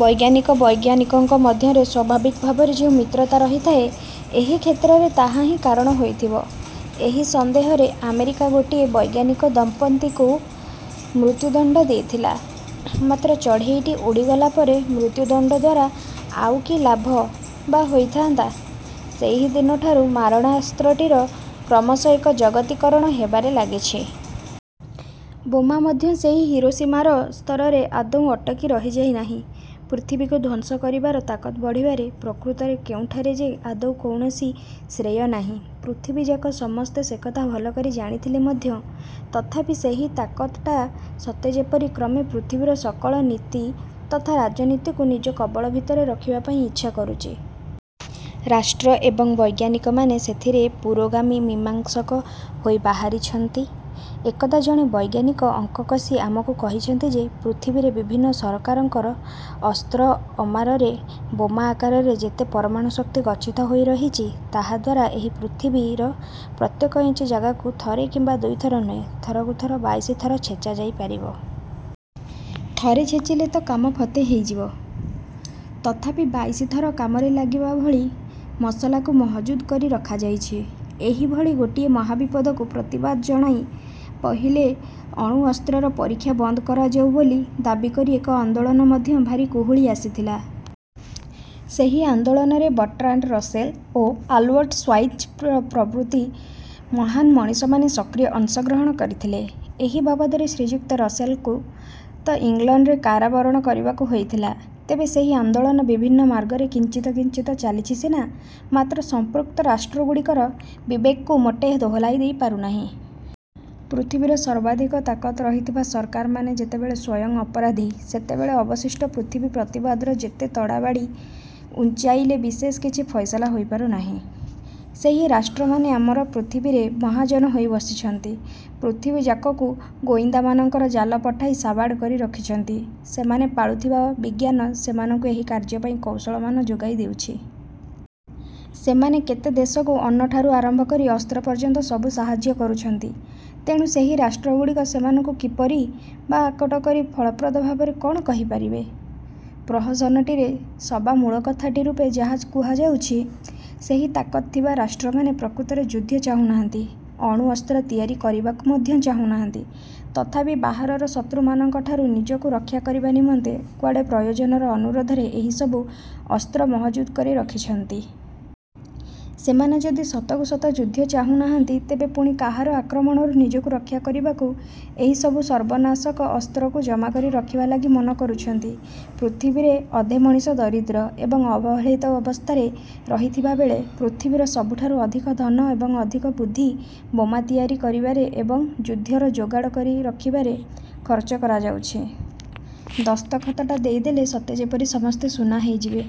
ବୈଜ୍ଞାନିକ ବୈଜ୍ଞାନିକଙ୍କ ମଧ୍ୟରେ ସ୍ୱାଭାବିକ ଭାବରେ ଯେଉଁ ମିତ୍ରତା ରହିଥାଏ, ଏହି କ୍ଷେତ୍ରରେ ତାହାହିଁ କାରଣ ହୋଇଥିବ। ଏହି ସନ୍ଦେହରେ ଆମେରିକା ଗୋଟିଏ ବୈଜ୍ଞାନିକ ଦମ୍ପତିକୁ ମୃତ୍ୟୁଦଣ୍ଡ ଦେଇଥିଲା। ମାତ୍ର ଚଢ଼େଇଟି ଉଡ଼ିଗଲା ପରେ ମୃତ୍ୟୁଦଣ୍ଡ ଦ୍ଵାରା ଆଉ କି ଲାଭ ବା ହୋଇଥାଆନ୍ତା? ସେହିଦିନଠାରୁ ମାରଣାସ୍ତ୍ରଟିର କ୍ରମଶଃ ଏକ ଜଗତୀକରଣ ହେବାରେ ଲାଗିଛି। ବୋମା ମଧ୍ୟ ସେହି ହିରୋସୀମାର ସ୍ତରରେ ଆଦୌ ଅଟକି ରହିଯାଇ ନାହିଁ। ପୃଥିବୀକୁ ଧ୍ୱଂସ କରିବାର ତାକତ ବଢ଼ିବାରେ ପ୍ରକୃତରେ କେଉଁଠାରେ ଯେ ଆଦୌ କୌଣସି ଶ୍ରେୟ ନାହିଁ,। ପୃଥିବୀଯାକ ସମସ୍ତେ ସେକଥା ଭଲକରି ଜାଣିଥିଲେ ମଧ୍ୟ ତଥାପି ସେହି ତାକତଟା ସତେଯେପରି କ୍ରମେ ପୃଥିବୀର ସକଳ ନୀତି ତଥା ରାଜନୀତିକୁ ନିଜ କବଳ ଭିତରେ ରଖିବା ପାଇଁ ଇଚ୍ଛା କରୁଛି। ରାଷ୍ଟ୍ର ଏବଂ ବୈଜ୍ଞାନିକମାନେ ସେଥିରେ ପୁରୋଗାମୀ ମୀମାଂସକ ହୋଇ ବାହାରିଛନ୍ତି। ଏକଦା ଜଣେ ବୈଜ୍ଞାନିକ ଅଙ୍କ କଷି ଆମକୁ କହିଛନ୍ତି ଯେ, ପୃଥିବୀରେ ବିଭିନ୍ନ ସରକାରଙ୍କର ଅସ୍ତ୍ରଅମାରରେ ବୋମା ଆକାରରେ ଯେତେ ପରମାଣୁଶକ୍ତି ଗଚ୍ଛିତ ହୋଇରହିଛି, ତାହାଦ୍ଵାରା ଏହି ପୃଥିବୀର ପ୍ରତ୍ୟେକ ଇଞ୍ଚ ଜାଗାକୁ ଥରେ କିମ୍ବା ଦୁଇଥର ନୁହେଁ, ଥରକୁ ଥର ବାଇଶିଥର ଛେଚା ଯାଇପାରିବ। ଥରେ ଛେଚିଲେ ତ କାମ ଫତେ ହୋଇଯିବ; ତଥାପି ବାଇଶିଥର କାମରେ ଲାଗିବା ଭଳି ମସଲାକୁ ମହଜୁଦ କରି ରଖାଯାଇଛି। ଏହିଭଳି ଗୋଟିଏ ମହାବିପଦକୁ ପ୍ରତିବାଦ ଜଣାଇ ପହିଲେ ଅଣୁଅସ୍ତ୍ରର ପରୀକ୍ଷା ବନ୍ଦ କରାଯାଉ ବୋଲି ଦାବି କରି ଏକ ଆନ୍ଦୋଳନ ମଧ୍ୟ ଭାରି କୁହୁଳି ଆସିଥିଲା। ସେହି ଆନ୍ଦୋଳନରେ ବର୍ଟ୍ରାଣ୍ଡ ରସେଲ ଓ ଆଲ୍ବର୍ଟ ଶ୍ୱାଇତ୍ଜର ପ୍ରଭୃତି ମହାନ ମଣିଷମାନେ ସକ୍ରିୟ ଅଂଶଗ୍ରହଣ କରିଥିଲେ। ଏହି ବାବଦରେ ଶ୍ରୀଯୁକ୍ତ ରସେଲଙ୍କୁ ତ ଇଂଲଣ୍ଡରେ କାରାବରଣ କରିବାକୁ ହୋଇଥିଲା। ଏବେ ସେହି ଆନ୍ଦୋଳନ ଭିନ୍ନ ମାର୍ଗରେ କିଞ୍ଚିତ କିଞ୍ଚିତ ଚାଲିଛି ସିନା, ମାତ୍ର ସଂପୃକ୍ତ ରାଷ୍ଟ୍ର ଗୁଡ଼ିକର ବିବେକକୁ ମୋଟେ ଦୋହଲାଇ ଦେଇ ପାରୁନାହିଁ। ପୃଥିବୀର ସର୍ବାଧିକ ତାକତ ରହିଥିବା ସରକାରମାନେ ଯେତେବେଳେ ସ୍ୱୟଂ ଅପରାଧୀ, ସେତେବେଳେ ଅବଶିଷ୍ଟ ପୃଥିବୀ ପ୍ରତିବାଦର ଯେତେ ତଡ଼ାବାଡ଼ି ଉଞ୍ଚାଇଲେ ବିଶେଷ କିଛି ଫଇସଲା ହୋଇପାରୁ ନାହିଁ। ସେହି ରାଷ୍ଟ୍ରମାନେ ଆମର ପୃଥିବୀରେ ମହାଜନ ହୋଇ ବସିଛନ୍ତି- ପୃଥିବୀଯାକକୁ ଗୋଇନ୍ଦାମାନଙ୍କର ଜାଲ ପଠାଇ ସାବାଡ଼ କରି ରଖିଛନ୍ତି, ସେମାନେ ପାଳୁଥିବା ବିଜ୍ଞାନ ସେମାନଙ୍କୁ ଏହି କାର୍ଯ୍ୟପାଇଁ କୌଶଳମାନ ଯୋଗାଇ ଦେଉଛି। ସେମାନେ କେତେ ଦେଶକୁ ଅନ୍ନଠାରୁ ଆରମ୍ଭ କରି ଅସ୍ତ୍ର ପର୍ଯ୍ୟନ୍ତ ସବୁ ସାହାଯ୍ୟ କରୁଛନ୍ତି। ତେଣୁ ସେହି ରାଷ୍ଟ୍ରଗୁଡ଼ିକ ସେମାନଙ୍କୁ କିପରି ବା ଆକଟ କରି ଫଳପ୍ରଦ ଭାବରେ କ'ଣ କହିପାରିବେ? ପ୍ରହସନଟିରେ ସବାମୂଳ କଥାଟି ରୂପେ ଯାହା କୁହାଯାଉଛି, ସେହି ତାକତ ଥିବା ରାଷ୍ଟ୍ରମାନେ ପ୍ରକୃତରେ ଯୁଦ୍ଧ ଚାହୁନାହାନ୍ତି, ଅଣୁଅସ୍ତ୍ର ତିଆରି କରିବାକୁ ମଧ୍ୟ ଚାହୁନାହାନ୍ତି, ତଥାପି ବାହାରର ଶତ୍ରୁମାନଙ୍କ ଠାରୁ ନିଜକୁ ରକ୍ଷା କରିବା ନିମନ୍ତେ କୁଆଡ଼େ ପ୍ରୟୋଜନର ଅନୁରୋଧରେ ଏହି ସବୁ ଅସ୍ତ୍ର ମହଜୁଦ କରି ରଖିଛନ୍ତି। ସେମାନେ ଯଦି ସତକୁ ସତ ଯୁଦ୍ଧ ଚାହୁନାହାନ୍ତି, ତେବେ ପୁଣି କାହାର ଆକ୍ରମଣରୁ ନିଜକୁ ରକ୍ଷା କରିବାକୁ ଏହିସବୁ ସର୍ବନାଶକ ଅସ୍ତ୍ରକୁ ଜମାକରି ରଖିବା ଲାଗି ମନ କରୁଛନ୍ତି? ପୃଥିବୀରେ ଅଧେ ମଣିଷ ଦରିଦ୍ର ଏବଂ ଅବହେଳିତ ଅବସ୍ଥାରେ ରହିଥିବାବେଳେ ପୃଥିବୀର ସବୁଠାରୁ ଅଧିକ ଧନ ଏବଂ ଅଧିକ ବୁଦ୍ଧି ବୋମା ତିଆରି କରିବାରେ ଏବଂ ଯୁଦ୍ଧର ଯୋଗାଡ଼ କରିବାରେ ଖରଚ କରାଯାଉଛି। ଦସ୍ତଖତଟା ଦେଇଦେଲେ ସତେଯେପରି ସମସ୍ତେ ସୁନା ହୋଇଯିବେ